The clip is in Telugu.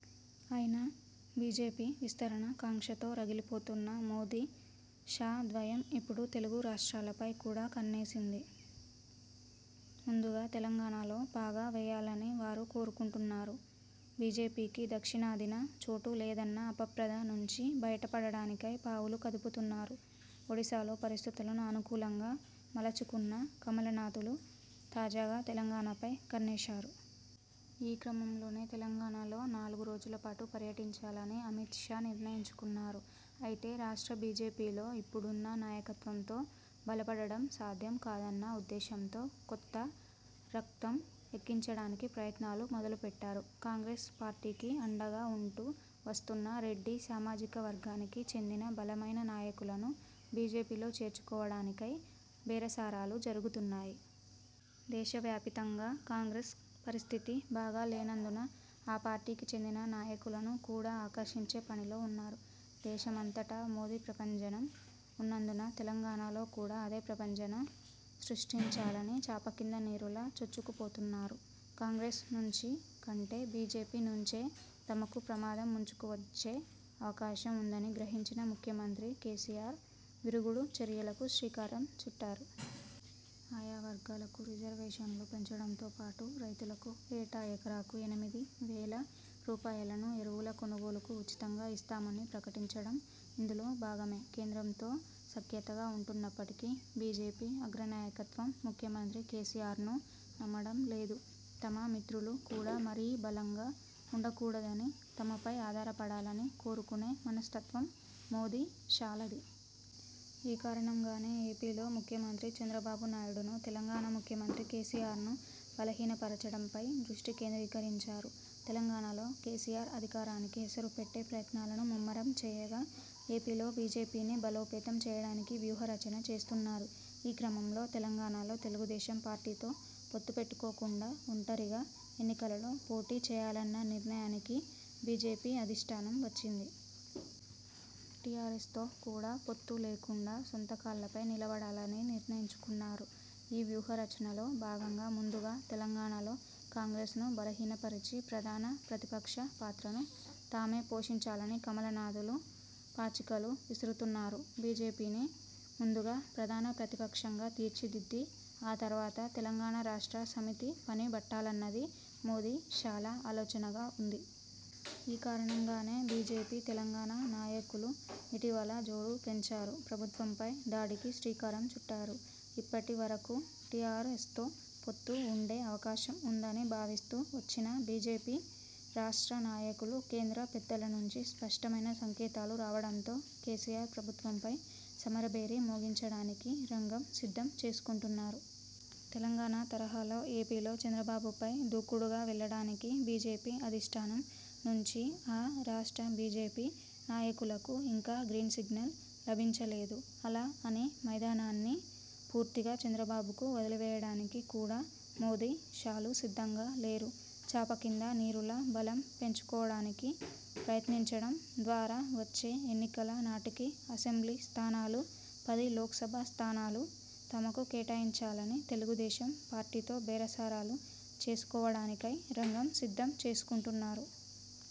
అయినా, బీజేపీ విస్తరణ కాంక్షతో రగిలిపోతున్న మోదీ– షా ద్వయం ఇప్పుడు తెలుగు రాష్ర్టాలపై కూడా కన్నేసింది. ముందుగా తెలంగాణలో పాగా వేయాలని వారు కోరుకుంటున్నారు. బీజేపీకి దక్షిణాదిన చోటు లేదన్న అపప్రథ నుంచి బయటపడటానికై పావులు కదుపుతున్నారు. ఒడిసాలో పరిస్థితులను అనుకూలంగా మలచుకున్న కమలనాథులు, తాజాగా తెలంగాణపై కన్నేశారు. ఈ క్రమంలోనే తెలంగాణలో నాలుగు రోజులపాటు పర్యటించాలని అమిత్ షా నిర్ణయించుకున్నారు. అయితే, రాష్ట్ర బీజేపీలో ఇప్పుడున్న నాయకత్వంతో బలపడటం సాధ్యం కాదన్న ఉద్దేశంతో కొత్త రక్తం ఎక్కించడానికి ప్రయత్నాలు మొదలుపెట్టారు. కాంగ్రెస్ పార్టీకి అండగా ఉంటూ వస్తున్న రెడ్డి సామాజిక వర్గానికి చెందిన బలమైన నాయకులను బీజేపీలో చేర్చుకోవడానికై బేరసారాలు జరుగుతున్నాయి. దేశవ్యాపితంగా కాంగ్రెస్ పరిస్థితి బాగా లేనందున ఆ పార్టీకి చెందిన నాయకులను కూడా ఆకర్షించే పనిలో ఉన్నారు. దేశమంతటా మోదీ ప్రభంజనం ఉన్నందున తెలంగాణలో కూడా అదే ప్రభంజనం సృష్టించాలని చాపకింద నీరులా చొచ్చుకుపోతున్నారు. కాంగ్రెస్ నుంచి కంటే బీజేపీ నుంచే తమకు ప్రమాదం ముంచుకు వచ్చే అవకాశం ఉందని గ్రహించిన ముఖ్యమంత్రి కేసీఆర్ విరుగుడు చర్యలకు శ్రీకారం చుట్టారు. ఆయా వర్గాలకు రిజర్వేషన్లు పెంచడంతోపాటు రైతులకు ఏటా ఎకరాకు ఎనిమిది వేల రూపాయలను ఎరువుల కొనుగోలుకు ఉచితంగా ఇస్తామని ప్రకటించడం ఇందులో భాగమే! కేంద్రంతో సఖ్యతగా ఉంటున్నప్పటికీ బీజేపీ అగ్ర నాయకత్వం ముఖ్యమంత్రి కేసీఆర్ను నమ్మడం లేదు. తమ మిత్రులు కూడా మరీ బలంగా ఉండకూడదని, తమపై ఆధారపడాలని కోరుకునే మనస్తత్వం మోదీ– షాలది! ఈ కారణంగానే ఏపీలో ముఖ్యమంత్రి చంద్రబాబు నాయుడును, తెలంగాణ ముఖ్యమంత్రి కేసీఆర్ను బలహీనపర్చడంపై దృష్టి కేంద్రీకరించారు. తెలంగాణలో కేసీఆర్ అధికారానికి ఎసరుపెట్టే ప్రయత్నాలను ముమ్మరంచేయగా, ఏపీలో బీజేపీని బలోపేతం చేయడానికి వ్యూహ రచన చేస్తున్నారు. ఈ క్రమంలో, తెలంగాణలో తెలుగుదేశం పార్టీతో పొత్తు పెట్టుకోకుండా ఒంటరిగా ఎన్నికలలో పోటీ చేయాలన్న నిర్ణయానికి బీజేపీ అధిష్ఠానం వచ్చింది. టీఆర్ఎస్తో కూడా పొత్తు లేకుండా సొంత కాళ్లపై నిలబడాలని నిర్ణయించుకున్నారు. ఈ వ్యూహ రచనలో భాగంగా ముందుగా తెలంగాణలో కాంగ్రెస్ను బలహీనపరచి ప్రధాన ప్రతిపక్ష పాత్రను తామే పోషించాలని కమలనాథులు పాచికలు విసురుతున్నారు. బీజేపీని ముందుగా ప్రధాన ప్రతిపక్షంగా తీర్చిదిద్ది, ఆ తర్వాత తెలంగాణ రాష్ట్ర సమితి పని బట్టాలన్నది మోదీ– షాల ఆలోచనగా ఉంది. ఈ కారణంగానే బీజేపీ తెలంగాణ నాయకులు ఇటీవల జోరు పెంచారు. ప్రభుత్వంపై దాడికి శ్రీకారం చుట్టారు. ఇప్పటి వరకు టీఆర్ఎస్తో పొత్తు ఉండే అవకాశం ఉందని భావిస్తూ వచ్చిన బీజేపీ రాష్ట్ర నాయకులు, కేంద్ర పెద్దల నుంచి స్పష్టమైన సంకేతాలు రావడంతో కేసీఆర్ ప్రభుత్వంపై సమరభేరి మోగించడానికి రంగం సిద్ధం చేసుకుంటున్నారు. తెలంగాణ తరహాలో ఏపీలో చంద్రబాబుపై దూకుడుగా వెళ్లడానికి బీజేపీ అధిష్ఠానం నుంచి ఆ రాష్ట్ర బీజేపీ నాయకులకు ఇంకా గ్రీన్సిగ్నల్ లభించలేదు. అలా అని మైదానాన్ని పూర్తిగా చంద్రబాబుకు వదిలివేయడానికి కూడా మోదీ– షాలు సిద్ధంగా లేరు. చాపకింద నీరులా బలం పెంచుకోవడానికి ప్రయత్నించడం ద్వారా వచ్చే ఎన్నికల నాటికి అసెంబ్లీ స్థానాలు, పది లోక్సభ స్థానాలు తమకు కేటాయించాలని తెలుగుదేశం పార్టీతో బేరసారాలు చేసుకోవడానికై రంగం సిద్ధం చేసుకుంటున్నారు.